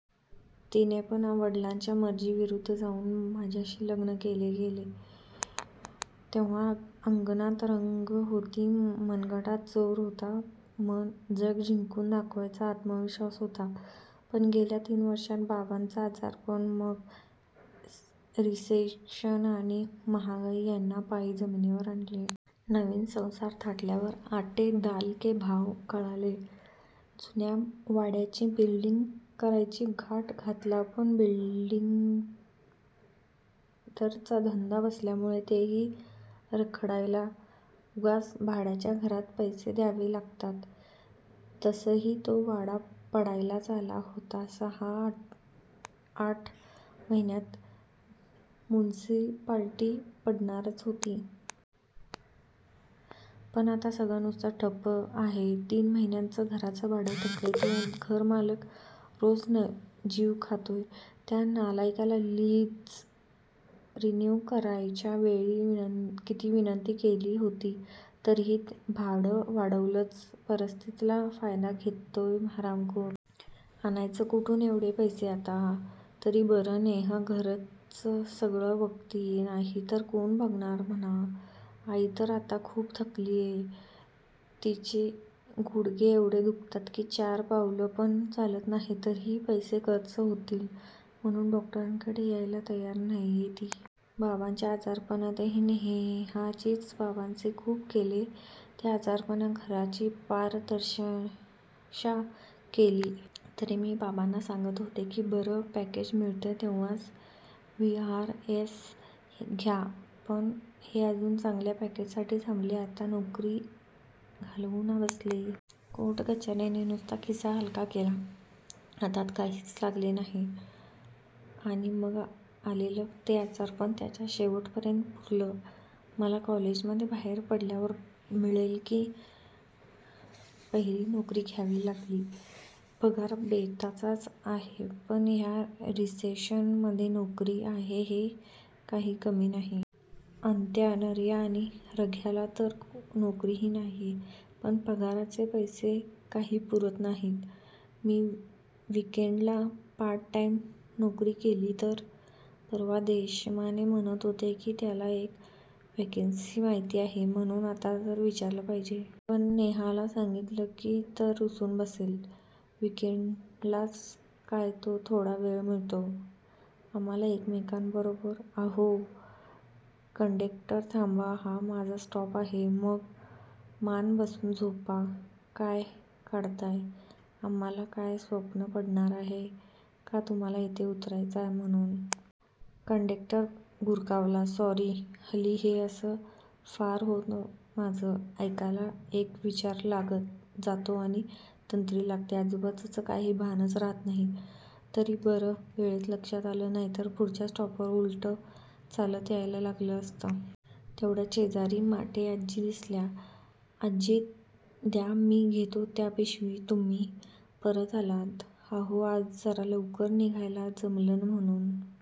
" तिनीपण वडिलांच्या मर्जी विरुद्ध जाऊन माझ्याशी लग्न केलं. तेव्हा अंगात रग होती, मनगटात जोर होता, जग जिंकून दाखवायचा आत्मविश्वास होता. पण गेल्या तीन वर्षात बाबांचं आजारपण, मग रिसेशन आणि महागाई ह्यांनी पाय जमीनीवर आणले. नवीन संसार थाटल्यावर 'आटे दाल के भाव' कळाले. जुन्या वाड्याची बिल्डींग करायचा घाट घातला पण बिल्डरचा धंदा बसल्यामुळे तेही रखडलयं. उगाच भाड्याच्या घराचे पैसे द्यावे लागतायत. तसही तो वाडा पडायलाच आला होता. सहा आठ महियात म्युनिसिपालिटी पाडणारच होती. पण आता सगळं नुसतच ठप्प आहे. तीन महिन्याचं घराचं भाडं थकलयं. तो घरमालक रोज जीव खातोय. त्या नालायकाला लीज रिन्यु करायच्या वेळेस किती विनंती केली होती. तरीही त्यानी भाडं वाढवलच. परिस्थितिचा फायदा घेतोय हरामखोर. आणायचे कुठून एवढे पैसे आता? तरी बरं नेहा घरचं सगळं बघतीये. नाहीतर कोण बघणार म्हणा? आई तर आता खूप थकलीये. तिचे गुढघे एवढे दुखतात कि चार पावलं पण चालवत नाही. तरीही पैसे खर्च होतील म्हणून डॉक्टरकडे जायला तयार नाहीये ती. बाबांच्या आजारपणातही नेहानीच बाबांचं खूप केलं. त्या आजारपणानी घराची पार दुर्दशा केली. तरी मी बाबांना सांगत होतो कि बरं पॅकेज मिळतय तेव्हाच व्हि आर एस घ्या. पण ते अजून चांगल्या पॅकेजसाठी थांबले आणि नोकरी घालवून बसले. कोर्ट कचेर्यांनी नुसता खिसा हलका केला. हातात काहिच लागलं नाही. आणि मग आलेलं ते आजारपण त्यांना शेवटपर्यंत पुरलं. मला कॉलेजमधून बाहेर पडल्यावर मिळेल ती पहिली नोकरी घ्यावी लागली. पगार बेताचाच आहे पण ह्या रिसेशन मधे नोकरी आहे हे काही कमी नाही. अंत्या, नर्या आणि रघ्याला तर नोकरीही नाहिये. पण पगाराचे पैसे काही पुरत नाहीत. मी विकेंडला पार्ट टाईम नोकरी केली तर? परवा देशमाने म्हणत होता त्याला एक व्हेकन्सी माहिती आहे म्हणून. त्याला विचारलं पाहिजे. पण नेहाला सांगितलं तर रुसून बसेल. विकेंडलाच काय तो थोडा वेळ मिळतो आम्हाला एकमेकांबरोबर. "अहो कंडक्टर, थांबा.. हा माझा स्टॉप आहे. ""मग माग बसून झोपा काय काढताय? आम्हाला काय स्वप्न पडणार आहे का तुम्हाला इथे उतरायचय म्हणून? " कंडक्टर गुरकावला. "सॉरी"हल्ली हे असं फार होतं माझं. एकाला एक विचार लागत जातो आणि तंद्री लागते. आजुबाजुचं काही भानच रहात नाही. तरी बरं वेळेत लक्षात आलं. नाहीतर पुढच्या स्टॉपवरून उलटं चालत यायला लागलं असतं. तेवढ्यात शेजारी माटे आजी दिसल्या.. "आजी, द्या मी घेतो त्या पिशव्या. ""तुम्ही?.. परत आलात? ""अहो आज जरा लवकर निघायला जमलं म्हणून